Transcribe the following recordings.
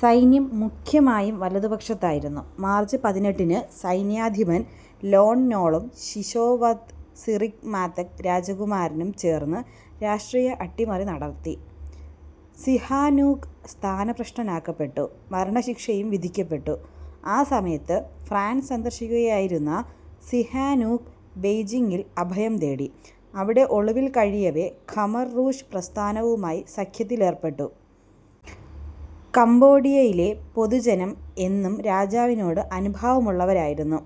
സൈന്യം മുഖ്യമായും വലതുപക്ഷത്തായിരുന്നു. മാർച്ച് പതിനെട്ടിന് സൈന്യാധിപൻ ലോൺ നോളും ശിശോവത് സിറിക് മാതക് രാജകുമാരനും ചേർന്ന് രാഷ്ട്രീയ അട്ടിമറി നടത്തി. സിഹാനൂക് സ്ഥാനഭ്രഷ്ടനാക്കപ്പെട്ടു, മരണശിക്ഷയും വിധിക്കപ്പെട്ടു. ആ സമയത്ത് ഫ്രാൻസ് സന്ദർശിക്കുകയായിരുന്ന സിഹാനൂക് ബെയ്ജിങ്ങിൽ അഭയം തേടി. അവിടെ ഒളിവിൽ കഴിയവെ, ഖമർ റൂഷ് പ്രസ്ഥാനവുമായി സഖ്യത്തിലേർപ്പെട്ടു. കംബോഡിയയിലെ പൊതുജനം എന്നും രാജാവിനോട് അനുഭാവമുള്ളവരായിരുന്നു.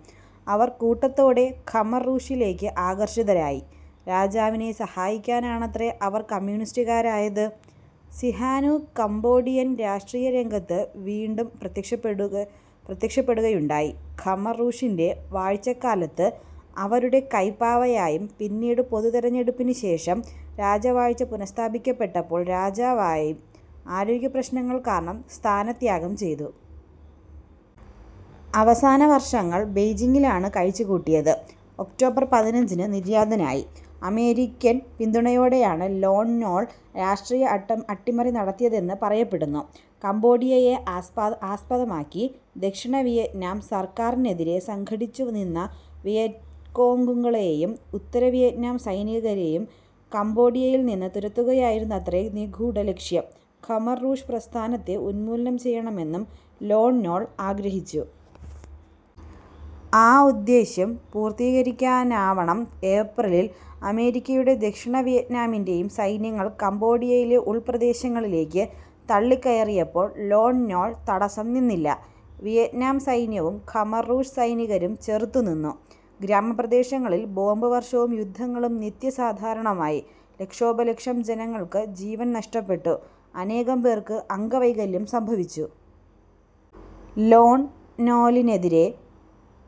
അവർ കൂട്ടത്തോടെ ഖമർ റൂഷിലേക്ക് ആകർഷിതരായി. രാജാവിനെ സഹായിക്കാനാണത്രെ അവർ കമ്യൂണിസ്റ്റുകാരായത്. സിഹാനൂക് കംബോഡിയൻ രാഷ്ട്രീയ രംഗത്ത് വീണ്ടും പ്രത്യക്ഷപ്പെടുകയുണ്ടായി. ഖമർ റൂഷിൻ്റെ വാഴ്ചക്കാലത്ത് അവരുടെ കൈപ്പാവയായും പിന്നീട് പൊതുതെരഞ്ഞെടുപ്പിനു ശേഷം രാജവാഴ്ച പുനഃസ്ഥാപിക്കപ്പെട്ടപ്പോൾ രാജാവായും. ആരോഗ്യപ്രശ്നങ്ങൾ കാരണം സ്ഥാനത്യാഗം ചെയ്തു. അവസാന വർഷങ്ങൾ ബെയ്ജിങ്ങിലാണ് കഴിച്ചുകൂട്ടിയത്. ഒക്ടോബർ പതിനഞ്ചിന് നിര്യാതനായി. അമേരിക്കൻ പിന്തുണയോടെയാണ് ലോൺ നോൾ രാഷ്ട്രീയ അട്ടിമറി നടത്തിയതെന്നു പറയപ്പെടുന്നു. കംബോഡിയയെ ആസ്പദമാക്കി ദക്ഷിണ വിയറ്റ്നാം സർക്കാറിനെതിരെ സംഘടിച്ചുനിന്ന വിയറ്റ്കോംഗുകളേയും ഉത്തരവിയറ്റ്നാം സൈനികരേയും കംബോഡിയയിൽ നിന്ന് തുരത്തുകയായിരുന്നത്രെ നിഗൂഢ ലക്ഷ്യം. ഖമർ റൂഷ് പ്രസ്ഥാനത്തെ ഉന്മൂലനം ചെയ്യണമെന്നും ലോൺ നോൾ ആഗ്രഹിച്ചു. ആ ഉദ്ദേശ്യം പൂർത്തീകരിക്കാനാവണം ഏപ്രിലിൽ അമേരിക്കയുടെയും ദക്ഷിണ വിയറ്റ്നാമിൻ്റെ യും സൈന്യങ്ങൾ കംബോഡിയയിലെ ഉൾപ്രദേശങ്ങളിലേക്ക് തള്ളിക്കയറിയപ്പോൾ ലോൺ നോൾ തടസ്സം നിന്നില്ല. വിയറ്റ്നാം സൈന്യവും ഖമർ റൂഷ് സൈനികരും ചെറുത്തുനിന്നു. ഗ്രാമപ്രദേശങ്ങളിൽ ബോംബുവർഷവും യുദ്ധങ്ങളും നിത്യസാധാരണമായി. ലക്ഷോപലക്ഷം ജനങ്ങൾക്ക് ജീവൻ നഷ്ടപ്പെട്ടു, അനേകം പേർക്ക് അംഗവൈകല്യം സംഭവിച്ചു. ലോൺ നോലിനെതിരെ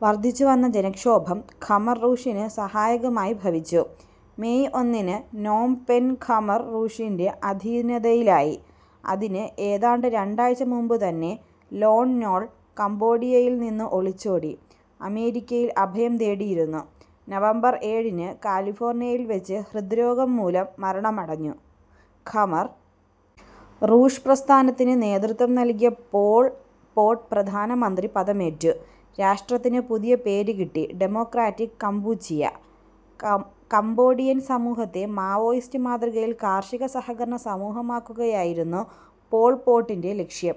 വർധിച്ചുവന്ന ജനക്ഷോഭം ഖമർ റൂഷിന് സഹായകമായി ഭവിച്ചു. മേയ് ഒന്നിന് നോം പെൻ ഖമർ റൂഷിൻ്റെ അധീനതയിലായി. അതിന് ഏതാണ്ട് രണ്ടാഴ്ച മുമ്പുതന്നെ ലോൺ നോൾ കംബോഡിയയിൽ നിന്ന് ഒളിച്ചോടി, അമേരിക്കയിൽ അഭയം തേടിയിരുന്നു. നവംബർ ഏഴിന് കാലിഫോർണിയയിൽവച്ച് ഹൃദ്രോഗം മൂലം മരണമടഞ്ഞു. ഖമർ റൂഷ് പ്രസ്ഥാനത്തിന് നേതൃത്വം നൽകിയ പോൾ പോട്ട് പ്രധാനമന്ത്രിപദമേറ്റു. രാഷ്ട്രത്തിന് പുതിയ പേര് കിട്ടി, ഡമോക്രാറ്റിക് കംപൂച്ചിയ. കംബോഡിയൻ സമൂഹത്തെ മാവോയിസ്റ്റ് മാതൃകയിൽ കാർഷിക സഹകരണ സമൂഹമാക്കുകയായിരുന്നു പോൾ പോട്ടിൻ്റെ ലക്ഷ്യം.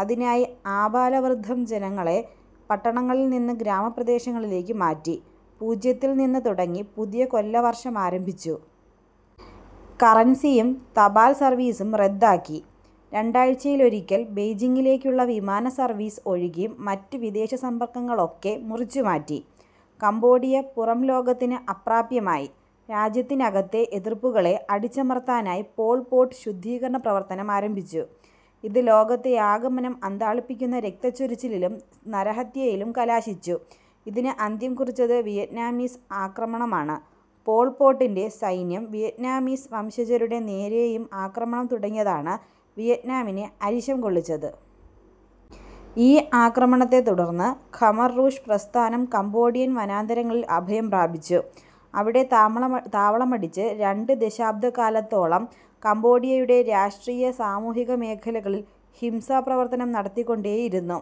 അതിനായി ആബാലവൃദ്ധം ജനങ്ങളെ പട്ടണങ്ങളിൽ നിന്ന് ഗ്രാമപ്രദേശങ്ങളിലേക്ക് മാറ്റി. പൂജ്യത്തിൽ നിന്ന് തുടങ്ങി പുതിയ കൊല്ലവർഷമാരംഭിച്ചു. കറൻസിയും തപാൽ സർവീസും റദ്ദാക്കി. രണ്ടാഴ്ചയിലൊരിക്കൽ ബെയ്ജിങ്ങിലേക്കുള്ള വിമാനസർവീസ് ഒഴികെ മറ്റു വിദേശസമ്പർക്കങ്ങളൊക്കെ മുറിച്ചുമാറ്റി. കംബോഡിയ പുറംലോകത്തിന് അപ്രാപ്യയായി. രാജ്യത്തിനകത്തെ എതിർപ്പുകളെ അടിച്ചമർത്താനായി പോൾ പോട്ട് ശുദ്ധീകരണ പ്രവർത്തനമാരംഭിച്ചു. ഇത് ലോകത്തെയാകമാനം അന്ധാളിപ്പിക്കുന്ന രക്തച്ചൊരിച്ചിലിലും നരഹത്യയിലും കലാശിച്ചു. ഇതിന് അന്ത്യം കുറിച്ചത് വിയറ്റ്നാമീസ് ആക്രമണമാണ്. പോൾ പോട്ടിൻ്റെ സൈന്യം വിയറ്റ്നാമീസ് വംശജരുടെ നേരേയും ആക്രമണം തുടങ്ങിയതാണ് വിയറ്റ്നാമിനെ അരിശം കൊള്ളിച്ചത്. ഈ ആക്രമണത്തെത്തുടർന്ന് ഖമർ റൂഷ് പ്രസ്ഥാനം കംബോഡിയൻ വനാന്തരങ്ങളിൽ അഭയം പ്രാപിച്ചു. അവിടെ താവളമടിച്ച് രണ്ടു ദശാബ്ദക്കാലത്തോളം കംബോഡിയയുടെ രാഷ്ട്രീയ, സാമൂഹിക മേഖലകളിൽ ഹിംസാപ്രവർത്തനം നടത്തിക്കൊണ്ടേയിരുന്നു.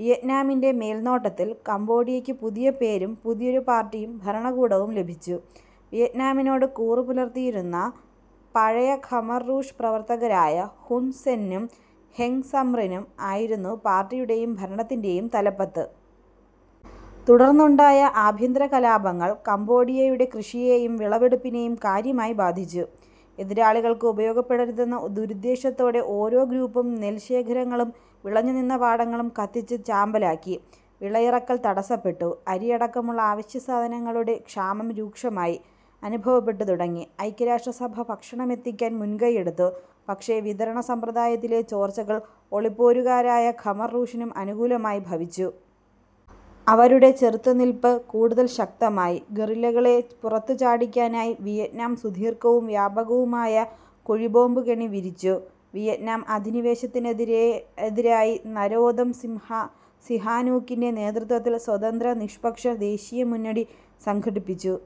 വിയറ്റ്നാമിൻ്റെ മേൽനോട്ടത്തിൽ കംബോഡിയക്ക് പുതിയ പേരും പുതിയൊരു പാർട്ടിയും ഭരണകൂടവും ലഭിച്ചു. വിയറ്റ്നാമിനോട് കൂറുപുലർത്തിയിരുന്ന പഴയ ഖമർ റൂഷ് പ്രവർത്തകരായ ഹുൺ സെന്നും ഹെങ് സമ്രിനും ആയിരുന്നു പാർട്ടിയുടെയും ഭരണത്തിൻ്റെ യും തലപ്പത്ത്. തുടർന്നുണ്ടായ ആഭ്യന്തരകലാപങ്ങൾ കംബോഡിയയുടെ കൃഷിയേയും വിളവെടുപ്പിനേയും കാര്യമായി ബാധിച്ചു. എതിരാളികൾക്ക് ഉപയോഗപ്പെടരുതെന്ന ദുരുദ്ദേശത്തോടെ ഓരോ ഗ്രൂപ്പും നെൽശേഖരങ്ങളും വിളഞ്ഞുനിന്ന പാടങ്ങളും കത്തിച്ച് ചാമ്പലാക്കി. വിളയിറക്കൽ തടസ്സപ്പെട്ടു. അരിയടക്കമുള്ള അവശ്യസാധനങ്ങളുടെ ക്ഷാമം രൂക്ഷമായി അനുഭവപ്പെട്ടു തുടങ്ങി. ഐക്യരാഷ്ട്രസഭ ഭക്ഷണമെത്തിക്കാൻ മുൻകൈയെടുത്തു. പക്ഷേ വിതരണ സമ്പ്രദായത്തിലെ ചോർച്ചകൾ ഒളിപ്പോരുകാരായ ഖമർ റൂഷിനും അനുകൂലമായി ഭവിച്ചു. അവരുടെ ചെറുത്തുനിൽപ്പ് കൂടുതൽ ശക്തമായി. ഗറില്ലകളെ പുറത്തുചാടിക്കാനായി വിയറ്റ്നാം സുദീർഘവും വ്യാപകവുമായ കുഴി ബോംബുകെണി വിരിച്ചു. വിയറ്റ്നാം അധിനിവേശത്തിനെതിരായി നരോദം സിഹാനൂക്കിൻ്റെ നേതൃത്വത്തിൽ സ്വതന്ത്ര, നിഷ്പക്ഷ ദേശീയ മുന്നണി സംഘടിച്ചു.